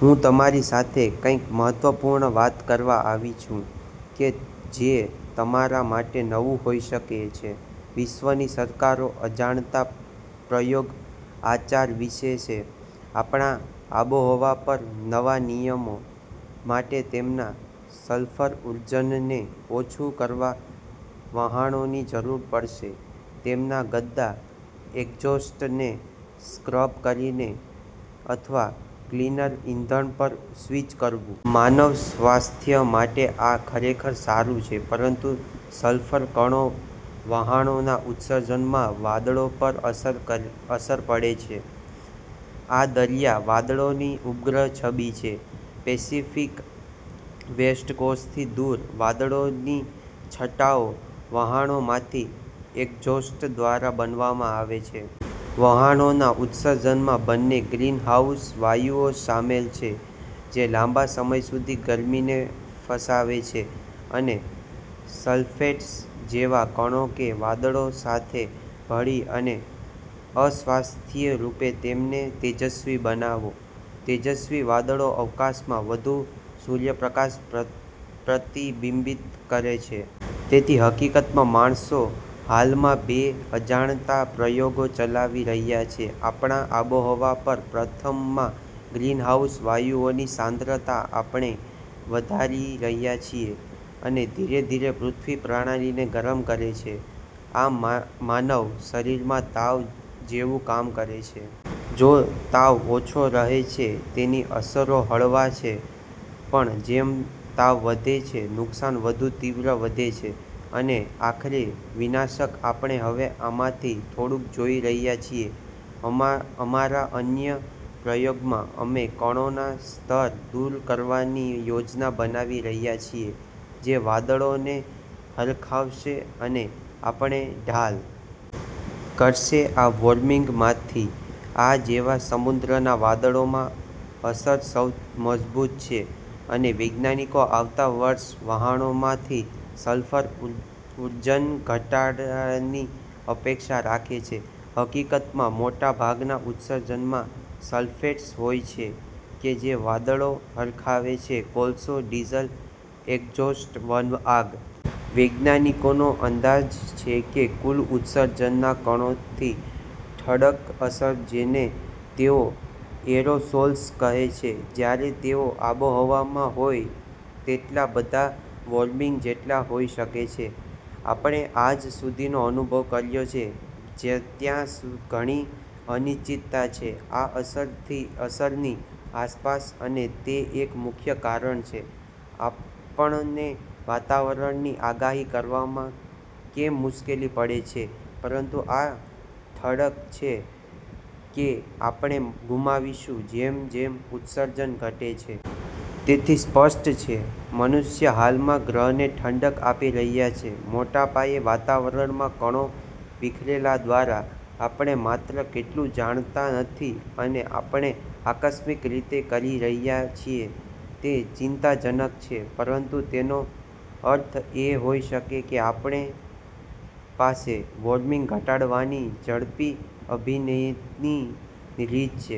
હું તમારી સાથે કંઈક મહત્વપૂર્ણ વાત કરવા આવી છું કે જે તમારા માટે નવું હોઈ શકે છે. વિશ્વની સરકારો અજાણતાં પ્રયોગ આચાર વિશે છે આપણા આબોહવા પર. નવા નિયમો માટે તેમના સલ્ફર ઉત્સર્જનને ઓછું કરવા વહાણોની જરૂર પડશે તેમના ગંદા એક્ઝોસ્ટને સ્ક્રબ કરીને અથવા ક્લિનર ઇંધણ પર સ્વિચ કરવું. માનવ સ્વાસ્થ્ય માટે આ ખરેખર સારું છે પરંતુ સલ્ફર કણો વહાણોના ઉત્સર્જનમાં વાદળો પર પણ અસર પડે છે. આ દરિયાઇ વાદળોની ઉપગ્રહ છબી છે પેસિફિક વેસ્ટ કોસ્ટથી દૂર. વાદળોની છટાઓ વહાણોમાંથી એક્ઝોસ્ટ દ્વારા બનાવવામાં આવે છે. વહાણોના ઉત્સર્જનમાં બંને ગ્રીનહાઉસ વાયુઓ શામેલ છે જે લાંબા સમય સુધી ગરમીને ફસાવે છે અને સલ્ફેટ્સ જેવા કણો કે વાદળો સાથે ભળી અને અસ્થાયી રૂપે તેમને તેજસ્વી બનાવો. તેજસ્વી વાદળો અવકાશમાં વધુ સૂર્યપ્રકાશ પ્રતિબિંબિત કરે છે. તેથી, હકીકતમાં, માણસો હાલમાં બે અજાણતાં પ્રયોગો ચલાવી રહ્યા છે આપણા આબોહવા પર. પ્રથમમાં, ગ્રીનહાઉસ વાયુઓની સાંદ્રતા આપણે વધારી રહ્યા છીએ અને ધીરે ધીરે પૃથ્વી પ્રણાલીને ગરમ કરે છે. આ માનવ શરીરમાં તાવ જેવું કામ કરે છે. જો તાવ ઓછો રહે છે, તેની અસરો હળવા છે. પણ જેમ તાવ વધે છે, નુકસાન વધુ તીવ્ર વધે છે અને આખરે વિનાશક. આપણે હવે આમાંથી થોડુંક જોઈ રહ્યા છીએ. અમારા અન્ય પ્રયોગમાં અમે કણોના સ્તર દૂર કરવાની યોજના બનાવી રહ્યા છીએ જે વાદળોને હરખાવશે અને આપણને ઢ। લ કરશે આ વોર્મિંગમાંથી. આ જેવા સમુદ્રના વાદળોમાં અસર સૌથી મજબૂત છે અને વૈજ્ઞાનિકો આવતા વર્ષે વહાણોમાંથી સલ્ફર ઉત્સર્જન ઘટાડાની અપેક્ષા રાખે છે. હકીકતમાં, મોટાભાગના ઉત્સર્જનમાં સલ્ફેટ્સ હોય છે કે જે વાદળો હરખાવે છે કોલસો, ડીઝલ એક્ઝોસ્ટ, વન આગ. વૈજ્ઞાનિકોનો અંદાજ છે કે કુલ ઉત્સર્જનના કણોથી ઠંડક અસર જેને તેઓ એરોસોલ્સ કહે છે જ્યારે તેઓ આબોહવામાં હોય તેટલા બધા વોર્મિંગ જેટલા હોઈ શકે છે આપણે આજ સુધીનો અનુભવ કર્યો છે. ત્યાં ઘણી અનિશ્ચિતતા છે આ અસરની આસપાસ અને તે એક મુખ્ય કારણ છે આપણને વાતાવરણની આગાહી કરવામાં કેમ મુશ્કેલી પડે છે પરંતુ આ ઠંડક છે કે આપણે ગુમાવીશું જેમ જેમ ઉત્સર્જન ઘટે છે. તેથી સ્પષ્ટ છે, મનુષ્ય હાલમાં ગ્રહને ઠંડક આપી રહ્યા છે મોટા પાયે વાતાવરણમાં કણો વિખેરવા દ્વારા. આપણે માત્ર કેટલું જાણતા નથી અને આપણે આકસ્મિક રીતે કરી રહ્યા છીએ. તે ચિંતાજનક છે પરંતુ તેનો અર્થ એ હોઈ શકે કે આપણી પાસે વોર્મિંગ ઘટાડવાની ઝડપી અભિનયની રીત છે.